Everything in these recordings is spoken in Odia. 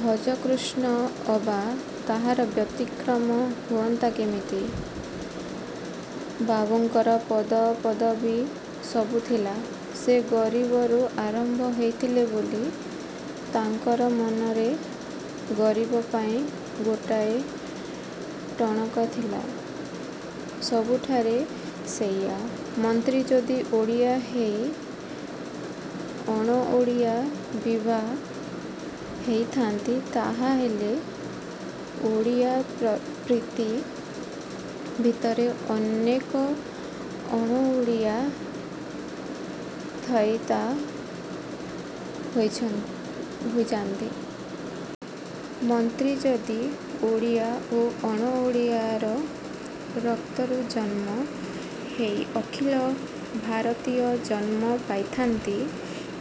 ଭଜକୃଷ୍ଣ ଅବା ତାହାର ବ୍ୟତିକ୍ରମ ହୁଅନ୍ତା କେମିତି? ବାବୁଙ୍କର ପଦପଦବୀ ସବୁ ଥିଲା। ସେ ଗରିବରୁ ଆରମ୍ଭ ହେଇଥିଲେ ବୋଲି ତାଙ୍କର ମନରେ ଗରିବ ପାଇଁ ଗୋଟାଏ ଟଣକ ଥିଲା। ସବୁଠାରେ ସେଇଆ- ମନ୍ତ୍ରୀ ଯଦି ଓଡ଼ିଆ ହେଇ ଅଣ-ଓଡ଼ିଆ ବିଭା ହେଇଥାନ୍ତି ତାହାହେଲେ ଓଡ଼ିଆ-ପ୍ରୀତି ଭିତରେ ଅନେକ ଅଣ-ଓଡ଼ିଆ ଥାଇତା ହୋଇଯାନ୍ତି। ମନ୍ତ୍ରୀ ଯଦି ଓଡ଼ିଆ ଓ ଅଣ-ଓଡ଼ିଆର ରକ୍ତରୁ ଜନ୍ମ ହୋଇ ଅଖିଳ-ଭାରତୀୟ ଜନ୍ମ ପାଇଥାନ୍ତି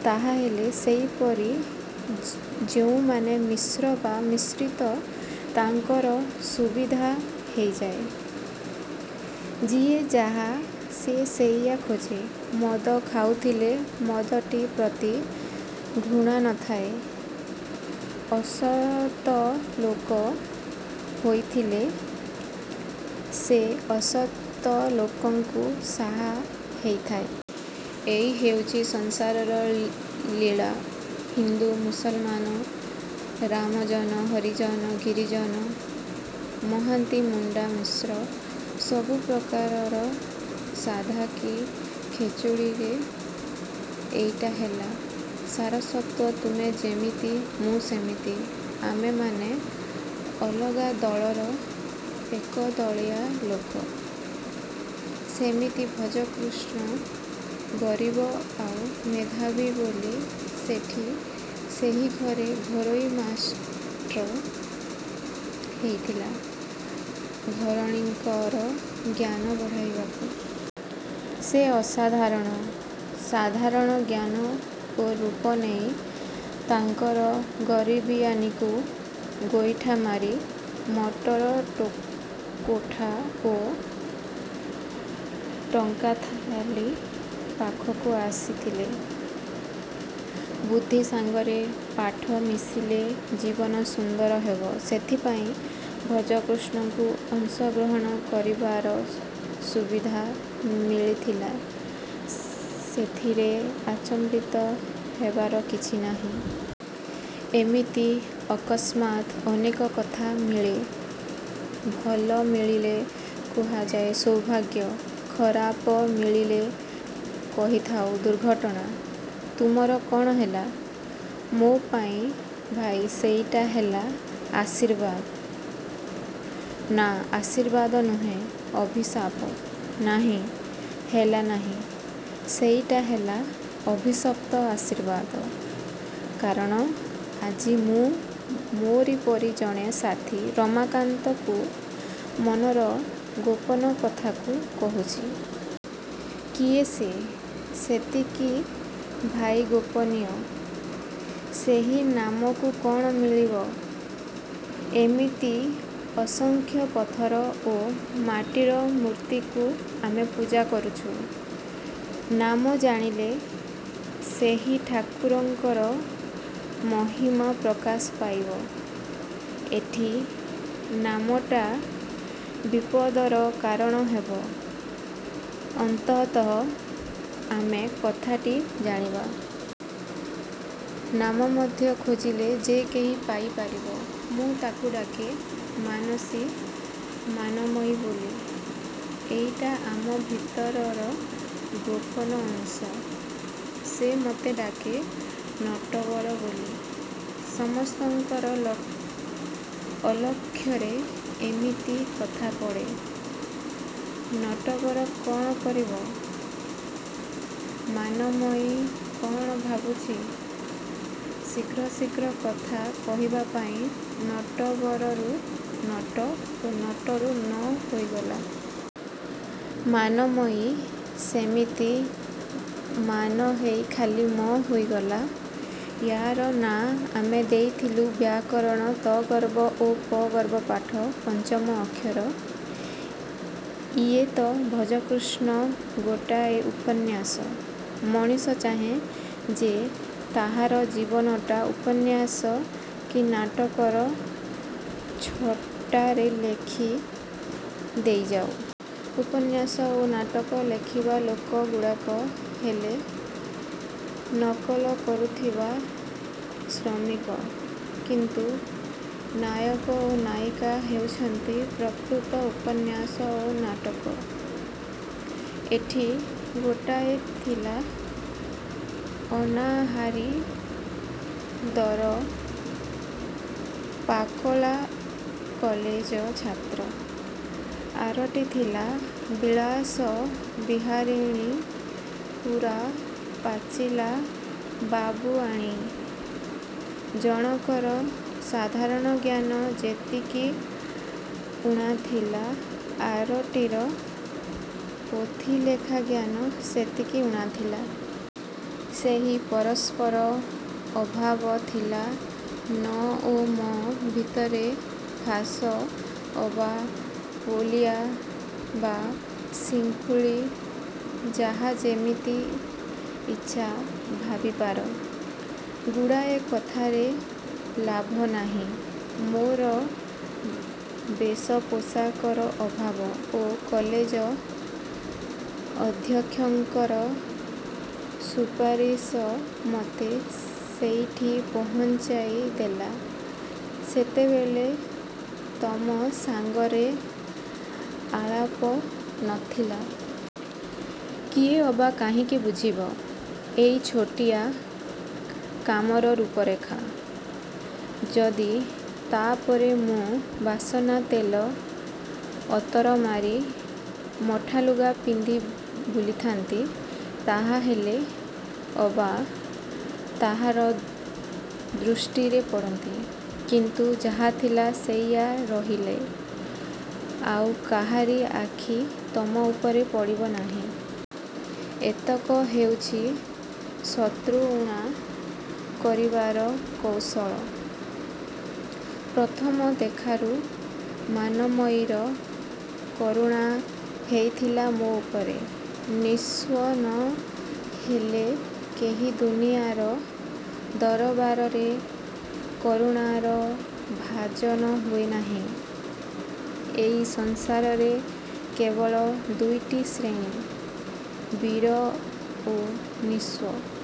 ତାହାହେଲେ ସେହିପରି ଯେଉଁମାନେ ମିଶ୍ର ବା ମିଶ୍ରିତ ତାଙ୍କର ସୁବିଧା ହେଇଯାଏ। ଯିଏ ଯାହା ସେ ସେଇଆ ଖୋଜେ। ମଦ ଖାଉଥିଲେ ମଦଟି ପ୍ରତି ଘୃଣା ନ ଥାଏ। ଅସତ ଲୋକ ହୋଇଥିଲେ ସେ ଅସତ ଲୋକଙ୍କୁ ସାହା ହେଇଥାଏ। ଇଏ ହେଉଛି ସଂସାରର ଲୀଳା। ହିନ୍ଦୁ, ମୁସଲମାନ, ରାମଜନ-ହରିଜନ-ଗିରିଜନ, ମାହାନ୍ତି-ମୁଣ୍ଡା-ମିଶ୍ର ସବୁ ପ୍ରକାରର ସାଧା କି ଖେଚୁଡ଼ିରେ ଏଇଟା ହେଲା ସାରତତ୍ତ୍ୱ-ତୁମେ ଯେମିତି ମୁଁ ସେମିତି। ଆମେମାନେ ଅଲଗା ଦଳର ଏକଦଳିଆ ଲୋକ। ସେମିତି ଭଜକୃଷ୍ଣ ଗରିବ ଆଉ ମେଧାବୀ ବୋଲି ସେଠି ସେହି ଘରେ ଘରୋଇ ମାଷ୍ଟ୍ର ହେଇଥିଲା-ଘରଣୀଙ୍କର ଜ୍ଞାନ ବଢ଼ାଇବାକୁ। ସେ ଅସାଧାରଣ, ସାଧାରଣ ଜ୍ଞାନ ଓ ରୂପ ନେଇ ତାଙ୍କର ଗରିବିଆନିକୁ ଗୋଇଠା ମାରି ମଟର କୋଠା ଓ ଟଙ୍କାଥାଳି ପାଖକୁ ଆସିଥିଲେ। ବୁଦ୍ଧି ସାଙ୍ଗରେ ପାଠ ମିଶିଲେ ଜୀବନ ସୁନ୍ଦର ହେବ। ସେଥିପାଇଁ ଭଜକୃଷ୍ଣକୁ ଅଂଶ ଗ୍ରହଣ କରିବାର ସୁବିଧା ମିଳିଥିଲା। ସେଥିରେ ଆଚମ୍ବିତ ହେବାର କିଛି ନାହିଁ। ଏମିତି ଅକସ୍ମାତ୍ ଅନେକ କଥା ମିଳେ। ଭଲ ମିଳିଲେ କୁହାଯାଏ ସୌଭାଗ୍ୟ-ଖରାପ ମିଳିଲେ କହିଥାଉ ଦୁର୍ଘଟଣା। -ତୁମର କ'ଣ ହେଲା? -ମୋ'ପାଇଁ ଭାଇ ସେଇଟା ହେଲା ଆଶୀର୍ବାଦ। ନା, ଆଶୀର୍ବାଦ ନୁହେଁ ଅଭିଶାପ। ନାହିଁ, ହେଲାନାହିଁ। ସେଇଟା ହେଲା ଅଭିଶପ୍ତ ଆଶୀର୍ବାଦ। କାରଣ ଆଜି ମୁଁ ମୋରି ପରି ଜଣେ ସାଥୀ ରମାକାନ୍ତକୁ ମନର ଗୋପନ କଥାକୁ କହୁଛି। -କିଏ ସେ? -ସେତିକି ଭାଇ ଗୋପନୀୟ। ସେହି ନାମରୁ କ'ଣ ମିଳିବ? ଏମିତି ଅସଂଖ୍ୟ ପଥର ଓ ମାଟିର ମୂର୍ତ୍ତିକୁ ଆମେ ପୂଜା କରୁଛୁ। ନାମ ଜାଣିଲେ ସେହି ଠାକୁରଙ୍କର ମହିମା ପ୍ରକାଶ ପାଇବ-। ଏଠି ନାମଟା ବିପଦର କାରଣ ହେବ। ଅନ୍ତତଃ ଆମେ କଥାଟି ଜାଣିବା। ନାମ ମଧ୍ୟ ଖୋଜିଲେ ଯେ କେହି ପାଇ ପାରିବ। -ମୁଁ ତାକୁ ଡାକେ ମାନସୀ-ମାନମୟୀ ବୋଲି। ଏଇଟା ଆମ ଭିତରର ଗୋପନ ଅଂଶ-। ସେ ମତେ ଡାକେ ନଟବର ବୋଲି। ସମସ୍ତଙ୍କର ଅଲକ୍ଷ୍ୟରେ ଏମିତି କଥା ପଡ଼େ-ନଟବର କ'ଣ କରିବ? ମାନମୟୀ କ'ଣ ଭାବୁଛି? ଶୀଘ୍ର ଶୀଘ୍ର କଥା କହିବା ପାଇଁ ନଟବରରୁ ନଟ ଓ ନଟରୁ 'ନ' ହେଇଗଲା। ମାନମୟୀ ସେମିତି ମାନ ହେଇ ଖାଲି 'ମ' ହୋଇଗଲା। ୟା'ର ନାଁ ଆମେ ଦେଇଥିଲୁ ବ୍ୟାକରଣ ତ-ବର୍ଗ ଓ ପ-ବର୍ଗ ପାଠ-ପଞ୍ଚମ ଅକ୍ଷର। -ଇଏ ତ ଭଜକୃଷ୍ଣ ଗୋଟାଏ ଉପନ୍ୟାସ? -ମଣିଷ ଚାହେଁ ଯେ ତାହାର ଜୀବନଟା ଉପନ୍ୟାସ କି ନାଟକର ଛଟାରେ ଲେଖି ଦେଇଯାଉ। ଉପନ୍ୟାସ ଓ ନାଟକ ଲେଖିବା ଲୋକଗୁଡ଼ାକ ହେଲେ ନକଲ କରୁଥିବା ଶ୍ରମିକ; କିନ୍ତୁ ନାୟକ ଓ ନାୟିକା ହେଉଛନ୍ତି ପ୍ରକୃତ ଉପନ୍ୟାସ ଓ ନାଟକ। ଏଠି ଗୋଟାଏ ଥିଲା ଅନାହାରୀ ଦର-ପାକଲା କଲେଜ ଛାତ୍ର। ଆରଟି ଥିଲା ବିଳାସ-ବିହାରିଣୀ ପୂରା ପାଚିଲା ବାବୁଆଣୀ। ଜଣକର ସାଧାରଣ ଜ୍ଞାନ ଯେତିକି ଊଣାଥିଲା ଆରଟିର ପୋଥିଲେଖା ଜ୍ଞାନ ସେତିକି ଊଣା ଥିଲା। ସେହି ପରସ୍ପର ଅଭାବ ଥିଲା ନ ଓ ମ ଭିତରେ ଫାଶ ଅବା ପୋଲିଆ ବା ଶିଙ୍କୁଳି-ଯାହା ଯେମିତି ଇଚ୍ଛା ଭାବିପାର। ଗୁଡ଼ାଏ କଥାରେ ଲାଭ ନାହିଁ। ମୋର ବେଶ ପୋଷାକର ଅଭାବ ଓ କଲେଜ ଅଧ୍ୟକ୍ଷଙ୍କର ସୁପାରିଶ ମତେ ସେଇଠି ପହଞ୍ଚାଇ ଦେଲା। ସେତେବେଳେ ତମ ସାଙ୍ଗରେ ଆଳାପ ନ ଥିଲା। କିଏ ଅବା କାହିଁକି ବୁଝିବ ଏଇ ଛୋଟିଆ କାମର ରୂପ ରେଖ। ଯଦି ତା'ପରେ ମୁଁ ବାସନାତେଲ, ଅତର ମାରି ମଠାଲୁଗା ପିନ୍ଧି ବୁଲିଥାନ୍ତି, ତାହାହେଲେ ଅବା କାହାର ଦୃଷ୍ଟିରେ ପଡ଼ନ୍ତି; କିନ୍ତୁ ଯାହା ଥିଲା ସେଇଆ ରହିଲେ ଆଉ କାହାରି ଆଖି ତମ ଉପରେ ପଡ଼ିବ ନାହିଁ। ଏତକ ହେଉଛି ଶତ୍ରୁ ଊଣା କରିବାର କୌଶଳ। ପ୍ରଥମ ଦେଖାରୁ ମାନମୟୀର କରୁଣା ହେଇଥିଲା ମୋ ଉପରେ। -ନିସ୍ୱ ନ ହେଲେ କେହି ଦୁନିଆର ଦରବାରରେ କରୁଣାର ଭାଜନ ହୁଏ ନାହିଁ। ଏଇ ସଂସାରରେ କେବଳ ଦୁଇଟି ଶ୍ରେଣୀ-ବୀର ଓ ନିସ୍ୱ।